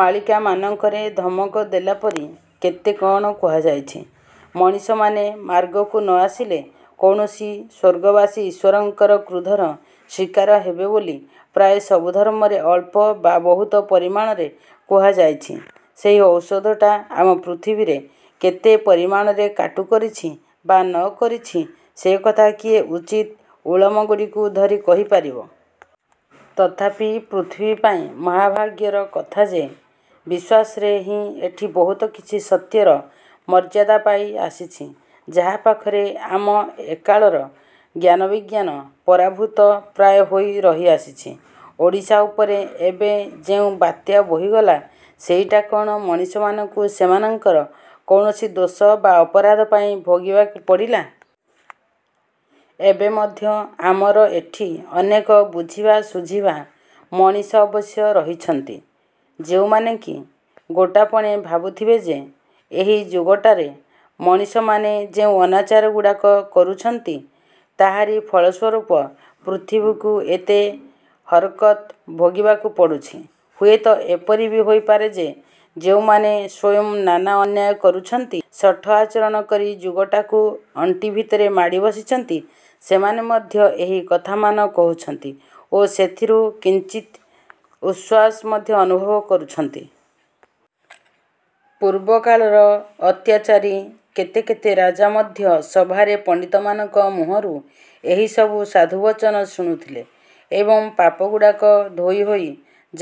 ମାଳିକାମାନଙ୍କରେ ଧମକ ଦେଲାପରି କେତେ କଣ କୁହାଯାଇଛି। ମଣିଷମାନେ ମାର୍ଗକୁ ନ ଆସିଲେ କୌଣସି ସ୍ୱର୍ଗବାସୀ ଈଶ୍ୱରଙ୍କର କ୍ରୋଧର ଶିକାର ହେବେ ବୋଲି ପ୍ରାୟ ସବୁ ଧର୍ମରେ ଅଳ୍ପ ବା ବହୁତ ପରିମାଣରେ କୁହାଯାଇଛି। ସେହି ଔଷଧଟା ଆମ ପୃଥିବୀରେ କେତେ ପରିମାଣରେ କାଟୁ କରିଛି ବା ନ କରିଛି ସେକଥା କିଏ ଉଚିତ ଓଳମଗୁଡ଼ିକୁ ଧରି କହିପାରିବ? ତଥାପି ପୃଥିବୀ ପାଇଁ ମହାଭାଗ୍ୟର କଥା ଯେ ବିଶ୍ୱାସରେ ହିଁ ଏଠି ବହୁତ କିଛି ସତ୍ୟର ମର୍ଯ୍ୟାଦା ପାଇ ଆସିଛି, ଯାହା ପାଖରେ ଆମ ଏକାଳର ଜ୍ଞାନବିଜ୍ଞାନ ପରାଭୂତ ପ୍ରାୟ ହୋଇ ରହି ଆସିଛି। ଓଡ଼ିଶା ଉପରେ ଏବେ ଯେଉଁ ବାତ୍ୟା ବୋହିଗଲା, ସେଇଟା କଣ ମଣିଷମାନଙ୍କୁ ସେମାନଙ୍କର କୌଣସି ଦୋଷ ବା ଅପରାଧ ପାଇଁ ଭୋଗିବାକୁ ପଡ଼ିଲା? ଏବେ ମଧ୍ୟ ଆମର ଏଠି ଅନେକ ବୁଝିବା ଶୁଝିବା ମଣିଷ ଅବଶ୍ୟ ରହିଛନ୍ତି, ଯେଉଁମାନେ କି ଗୋଟାପଣେ ଭାବୁଥିବେ ଯେ, ଏହି ଯୁଗଟାରେ ମଣିଷମାନେ ଯେଉଁ ଅନାଚାରଗୁଡ଼ାକ କରୁଛନ୍ତି, ତାହାରି ଫଳସ୍ୱରୂପ ପୃଥିବୀକୁ ଏତେ ହରକତ ଭୋଗ କରିବାକୁ ପଡୁଛି। ହୁଏତ ଏପରି ବି ହୋଇପାରେ ଯେ, ଯେଉଁମାନେ ସ୍ୱୟଂ ନାନା ଅନ୍ୟାୟ କରୁଛନ୍ତି, ଶଠ ଆଚରଣ କରି ଯୁଗଟାକୁ ଅଣ୍ଟି ଭିତରେ ମାଡ଼ି ବସିଛନ୍ତି, ସେମାନେ ମଧ୍ୟ ଏହି କଥାମାନ କହୁଛନ୍ତି ଓ ସେଥିରୁ କିଞ୍ଚିତ ଉଶ୍ୱାସ ମଧ୍ୟ ଅନୁଭବ କରୁଛନ୍ତି। ପୂର୍ବକାଳର ଅତ୍ୟାଚାରୀ କେତେ କେତେ ରାଜା ମଧ୍ୟ ସଭାରେ ପଣ୍ଡିତମାନଙ୍କ ମୁହଁରୁ ଏହିସବୁ ସାଧୁବଚନ ଶୁଣୁଥିଲେ ଏବଂ ପାପଗୁଡ଼ାକ ଧୋଇ ହୋଇ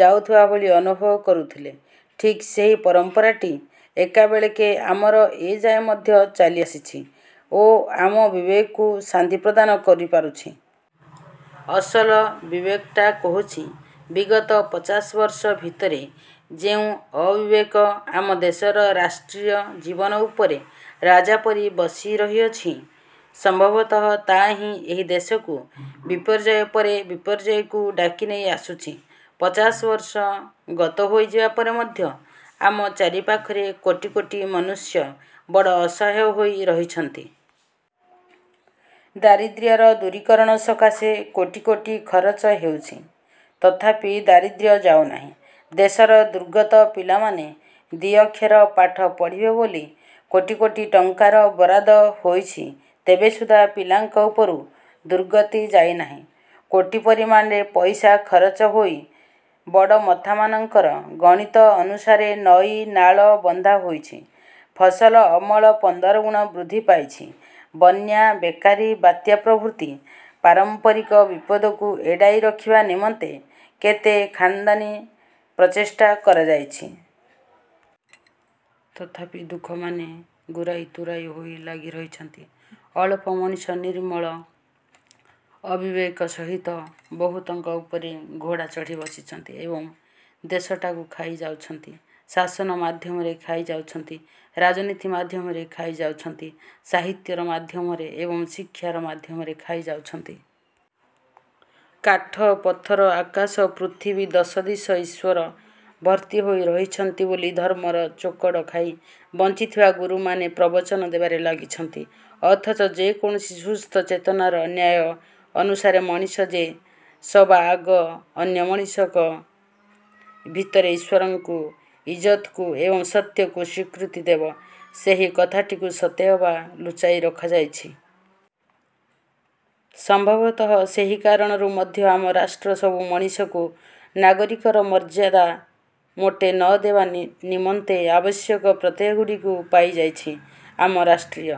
ଯାଉଥିବା ଭଳି ଅନୁଭବ କରୁଥିଲେ। ଠିକ୍ ସେହି ପରମ୍ପରାଟି ଏକାବେଳେକେ ଆମର ଏଯାଏ ମଧ୍ୟ ଚାଲିଆସିଛି ଓ ଆମ ବିବେକକୁ ଶାନ୍ତି ପ୍ରଦାନ କରିପାରୁଛି। ଅସଲ ବିବେକଟା କହୁଛି, ବିଗତ ପଚାଶ ବର୍ଷ ଭିତରେ ଯେଉଁ ଅବିବେକ ଆମ ଦେଶର ରାଷ୍ଟ୍ରୀୟ ଜୀବନ ଉପରେ ରାଜା ପରି ବସିରହି ଆସିଛି, ସମ୍ଭବତଃ ତାହା ହିଁ ଏହି ଦେଶକୁ ବିପର୍ଯ୍ୟୟ ପରେ ବିପର୍ଯ୍ୟୟକୁ ଡାକିନେଇ ଆସୁଛି। ପଚାଶ ବର୍ଷ ଗତ ହୋଇଯିବା ପରେ ମଧ୍ୟ ଆମ ଚାରିପାଖରେ କୋଟି କୋଟି ମନୁଷ୍ୟ ବଡ଼ ଅସହାୟ ହୋଇ ରହିଛନ୍ତି। ଦାରିଦ୍ର୍ୟର ଦୂରୀକରଣ ସକାଶେ କୋଟି କୋଟି ଖରଚ ହେଉଛି, ତଥାପି ଦାରିଦ୍ର୍ୟ ଯାଉନାହିଁ। ଦେଶର ଦୁର୍ଗତ ପିଲାମାନେ ଦି ଅକ୍ଷର ପାଠ ପଢ଼ିବେ ବୋଲି କୋଟି କୋଟି ଟଙ୍କାର ବରାଦ ହୋଇଛି ତେବେ ସୁଦ୍ଧା ପିଲାଙ୍କ ଉପରୁ ଦୁର୍ଗତି ଯାଇନାହିଁ। କୋଟି ପରିମାଣରେ ପଇସା ଖରଚ ହୋଇ ବଡ଼ମଥାମାନଙ୍କର ଗଣିତ ଅନୁସାରେ ନଈ ନାଳ ବନ୍ଧା ହୋଇଛି, ଫସଲ ଅମଳ ପନ୍ଦରଗୁଣ ବୃଦ୍ଧି ପାଇଛି, ବନ୍ୟା, ବେକାରୀ, ବାତ୍ୟା ପ୍ରଭୃତି ପାରମ୍ପରିକ ବିପଦକୁ ଏଡ଼ାଇ ରଖିବା ନିମନ୍ତେ କେତେ ଖାନଦାନୀ ପ୍ରଚେଷ୍ଟା କରାଯାଇଛି। ତଥାପି ଦୁଃଖମାନେ ଗୁରାଇ ତୁରାଇ ହୋଇ ଲାଗି ରହିଛନ୍ତି। ଅଳପ ମଣିଷ ନିର୍ମଳ ଅବିବେକ ସହିତ ବହୁତଙ୍କ ଉପରେ ଘୋଡ଼ା ଚଢ଼ି ବସିଛନ୍ତି ଏବଂ ଦେଶଟାକୁ ଖାଇଯାଉଛନ୍ତି। ଶାସନ ମାଧ୍ୟମରେ ଖାଇ ଯାଉଛନ୍ତି, ରାଜନୀତି ମାଧ୍ୟମରେ ଖାଇ ଯାଉଛନ୍ତି, ସାହିତ୍ୟର ମାଧ୍ୟମରେ ଏବଂ ଶିକ୍ଷାର ମାଧ୍ୟମରେ ଖାଇ ଯାଉଛନ୍ତି। କାଠ, ପଥର, ଆକାଶ, ପୃଥିବୀ ଦଶଦିଶ ଈଶ୍ୱର ଭର୍ତ୍ତି ହୋଇ ରହିଛନ୍ତି ବୋଲି ଧର୍ମର ଚୋକଡ଼ ଖାଇ ବଞ୍ଚିଥିବା ଗୁରୁମାନେ ପ୍ରବଚନ ଦେବାରେ ଲାଗିଛନ୍ତି ଅଥଚ ଯେକୌଣସି ସୁସ୍ଥ ଚେତନାର ନ୍ୟାୟ ଅନୁସାରେ ମଣିଷ ଯେ ସବାଆଗ ଅନ୍ୟ ମଣିଷଙ୍କ ଭିତରେ ଈଶ୍ୱରଙ୍କୁ, ଇଜ୍ଜତକୁ ଏବଂ ସତ୍ୟକୁ ସ୍ୱୀକୃତି ଦେବ, ସେହି କଥାଟିକୁ ସତେ ଅବା ଲୁଚାଇ ରଖାଯାଇଛି। ସମ୍ଭବତଃ ସେହି କାରଣରୁ ମଧ୍ୟ ଆମ ରାଷ୍ଟ୍ର ସବୁ ମଣିଷଙ୍କୁ ନାଗରିକର ମର୍ଯ୍ୟାଦା ମୋଟେ ନ ଦେବା ନିମନ୍ତେ ଆବଶ୍ୟକ ପ୍ରତ୍ୟୟଗୁଡ଼ିକୁ ପାଇଯାଇଛି। ଆମ ରାଷ୍ଟ୍ରୀୟ